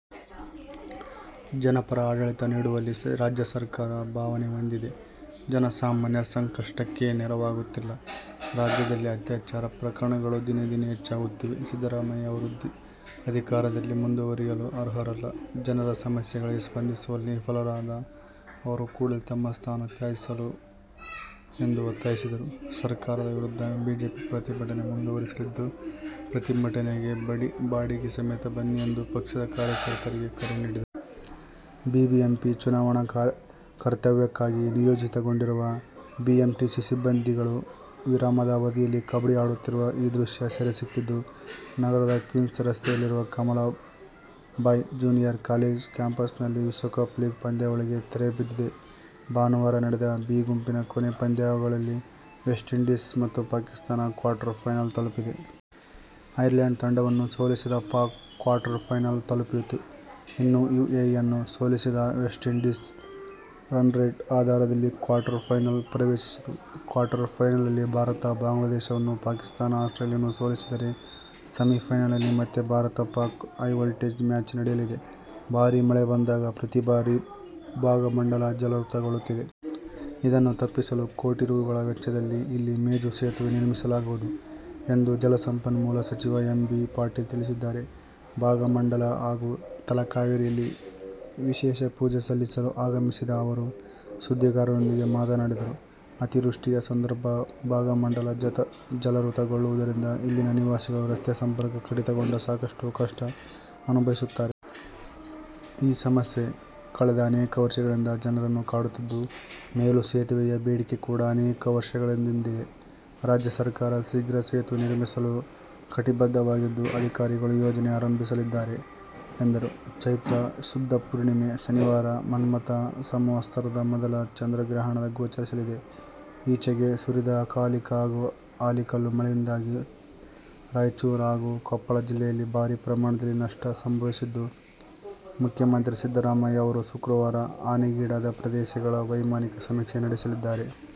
ಜನಪರ ಆಡಳಿತ ನೀಡುವಲ್ಲಿ ರಾಜ್ಯ ಸರ್ಕಾರ ಭಾವನೆ ಹೊಂದಿದೆ. ಜನಸಾಮಾನ್ಯರ ಸಂಕಷ್ಟಕ್ಕೆ ನೆರವಾಗುತ್ತಿಲ್ಲ. ರಾಜ್ಯದಲ್ಲಿ ಅತ್ಯಾಚಾರ ಪ್ರಕರಣಗಳು ದಿನೇ ದಿನೆ ಹೆಚ್ಚಾಗುತ್ತಿವೆ. ಸಿದ್ದರಾಮಯ್ಯ ಅವರು ಅಧಿಕಾರದಲ್ಲಿ ಮುಂದುವರಿಯಲು ಅರ್ಹರಲ್ಲ. ಜನರ ಸಮಸ್ಯೆಗಳಿಗೆ ಸ್ಪಂದಿಸುವಲ್ಲಿ ವಿಫಲರಾದ ಅವರು ಕೂಡಲೇ ತಮ್ಮ ಸ್ಥಾನ ತ್ಯಜಿಸಲಿ ಎಂದು ಒತ್ತಾಯಿಸಿದರು. ಸರಕಾರದ ವಿರುದ್ಧ ಬಿಜೆಪಿ ಪ್ರತಿಭಟನೆ ಮುಂದುವರಿಸಲಿದ್ದು, ಪ್ರತಿಭಟನೆಗೆ ಬಡಿಗೆ ಸಮೇತ ಬನ್ನಿ ಎಂದು ಪಕ್ಷದ ಕಾರ್ಯಕರ್ತರಿಗೆ ಕರೆ ನೀಡಿದರು. ಬಿಬಿಎಂಪಿ ಚುನಾವಣಾ ಕರ್ತವ್ಯಕ್ಕಾಗಿ ನಿಯೋಜಿತಗೊಂಡಿರುವ ಬಿಎಂಟಿಸಿ ಸಿಬ್ಬಂದಿಗಳು ವಿರಾಮದ ಅವಧಿಯಲ್ಲಿ ಕಬಡ್ಡಿ ಆಡುತ್ತಿರುವ ಈ ದೃಶ್ಯ ಸೆರೆಸಿಕ್ಕಿದ್ದು ನಗರದ ಕ್ವೀನ್ಸ್ ರಸ್ತೆಯಲ್ಲಿರುವ Kamala Bai junior college campus ನಲ್ಲಿ. ವಿಶ್ವಕಪ್ ಲೀಗ್ ಪಂದ್ಯಗಳಿಗೆ ತೆರೆಬಿದ್ದಿದೆ. ಭಾನುವಾರ ನಡೆದ ಬಿ ಗುಂಪಿನ ಕೊನೆ ಪಂದ್ಯಗಳಲ್ಲಿ ವೆಸ್ಟ್ ಇಂಡೀಸ್ ಮತ್ತು ಪಾಕಿಸ್ತಾನ ಕ್ವಾರ್ಟರ್ಫೈನಲ್ ತಲುಪಿವೆ. ಐರ್ಲೆಂಡ್ ತಂಡವನ್ನು ಸೋಲಿಸಿದ ಪಾಕ್ ಕ್ವಾರ್ಟರ್ ಫೈನಲ್ ತಲುಪಿತು. ಇನ್ನು ಯುಎಇಯನ್ನು ಸೋಲಿಸಿದ ವೆಸ್ಟ್ಇಂಡೀಸ್ ರನ್ರೇಟ್ ಆಧಾರದಲ್ಲಿ ಕ್ವಾರ್ಟರ್ ಫೈನಲ್ ಪ್ರವೇಶಿಸಿತು. ಕ್ವಾರ್ಟರ್ ಫೈನಲ್ನಲ್ಲಿ ಭಾರತ ಬಾಂಗ್ಲಾದೇಶವನ್ನು, ಪಾಕಿಸ್ತಾನ ಆಸ್ಟ್ರೇಲಿಯಾವನ್ನು ಸೋಲಿಸಿದರೆ ಸೆಮಿಫೈನಲ್ನಲ್ಲಿ ಮತ್ತೆ ಭಾರತ-ಪಾಕ್ ಹೈವೋಲ್ಟೆಜ್ ಮ್ಯಾಚ್ ನಡೆಯಲಿದೆ. ಭಾರೀ ಮಳೆ ಬಂದಾಗ ಪ್ರತಿ ಬಾರಿ ಭಾಗಮಂಡಲ ಜಲಾವೃತಗೊಳ್ಳುತ್ತಿದೆ. ಇದನ್ನು ತಪ್ಪಿಸಲು ಕೋಟಿ ರೂ. ಗಳ ವೆಚ್ಚದಲ್ಲಿ ಇಲ್ಲಿ ಮೇಲು ಸೇತುವೆ ನಿರ್ಮಿಸಲಾಗುವುದು ಎಂದು ಜಲಸಂಪನ್ಮೂಲ ಸಚಿವ ಎಂ. ಬಿ. ಪಾಟೀಲ ತಿಳಿಸಿದ್ದಾರೆ. ಭಾಗಮಂಡಲ ಹಾಗೂ ತಲಕಾವೇರಿಯಲ್ಲಿ ವಿಶೇಷ ಪೂಜೆ ಸಲ್ಲಿಸಲು ಆಗಮಿಸಿದ ಅವರು ಸುದ್ದಿಗಾರರೊಂದಿಗೆ ಮಾತನಾಡಿದರು. ಅತಿವೃಷ್ಟಿಯ ಸಂದರ್ಭ ಭಾಗಮಂಡಲ ಜಲಾವೃತಗೊಳ್ಳುವುದರಿಂದ ಇಲ್ಲಿನ ನಿವಾಸಿಗಳು ರಸ್ತೆ ಸಂಪರ್ಕ ಕಡಿತಗೊಂಡು ಸಾಕಷ್ಟು ಕಷ್ಟ ಅನುಭವಿಸುತ್ತಾರೆ. ಈ ಸಮಸ್ಯೆ ಕಳೆದ ಅನೇಕ ವರ್ಷಗಳಿಂದ ಜನರನ್ನು ಕಾಡುತ್ತಿದ್ದು, ಮೇಲು ಸೇತುವೆಯ ಬೇಡಿಕೆ ಕೂಡ ಅನೇಕ ವರ್ಷಗಳಿಂದಿದೆ. ರಾಜ್ಯ ಸರಕಾರ ಶೀಘ್ರ ಸೇತುವೆ ನಿರ್ಮಿಸಲು ಕಟಿಬದ್ಧವಾಗಿದ್ದು, ಅಧಿಕಾರಿಗಳು ಯೋಜನೆ ಆರಂಭಿಸಲಿದ್ದಾರೆ ಎಂದರು. ಚೈತ್ರ ಶುದ್ಧ ಪೂರ್ಣಿಮೆ, ಶನಿವಾರ ಮನ್ಮಥ ಸಂವತ್ಸರದ ಮೊದಲ ಚಂದ್ರಗ್ರಹಣ ಗೋಚರಿಸಲಿದೆ. ಈಚೆಗೆ ಸುರಿದ ಅಕಾಲಿಕ ಹಾಗೂ ಆಲಿಕಲ್ಲು ಮಳೆಯಿಂದಾಗಿ ರಾಯಚೂರು ಹಾಗೂ ಕೊಪ್ಪಳ ಜಿಲ್ಲೆಯಲ್ಲಿ ಭಾರಿ ಪ್ರಮಾಣದಲ್ಲಿ ನಷ್ಟ ಸಂಭವಿಸಿದ್ದು, ಮುಖ್ಯಮಂತ್ರಿ ಸಿದ್ದರಾಮಯ್ಯ ಅವರು ಶುಕ್ರವಾರ ಹಾನಿಗೀಡಾದ ಪ್ರದೇಶಗಳ ವೈಮಾನಿಕ ಸಮೀಕ್ಷೆ ನಡೆಸಲಿದ್ದಾರೆ.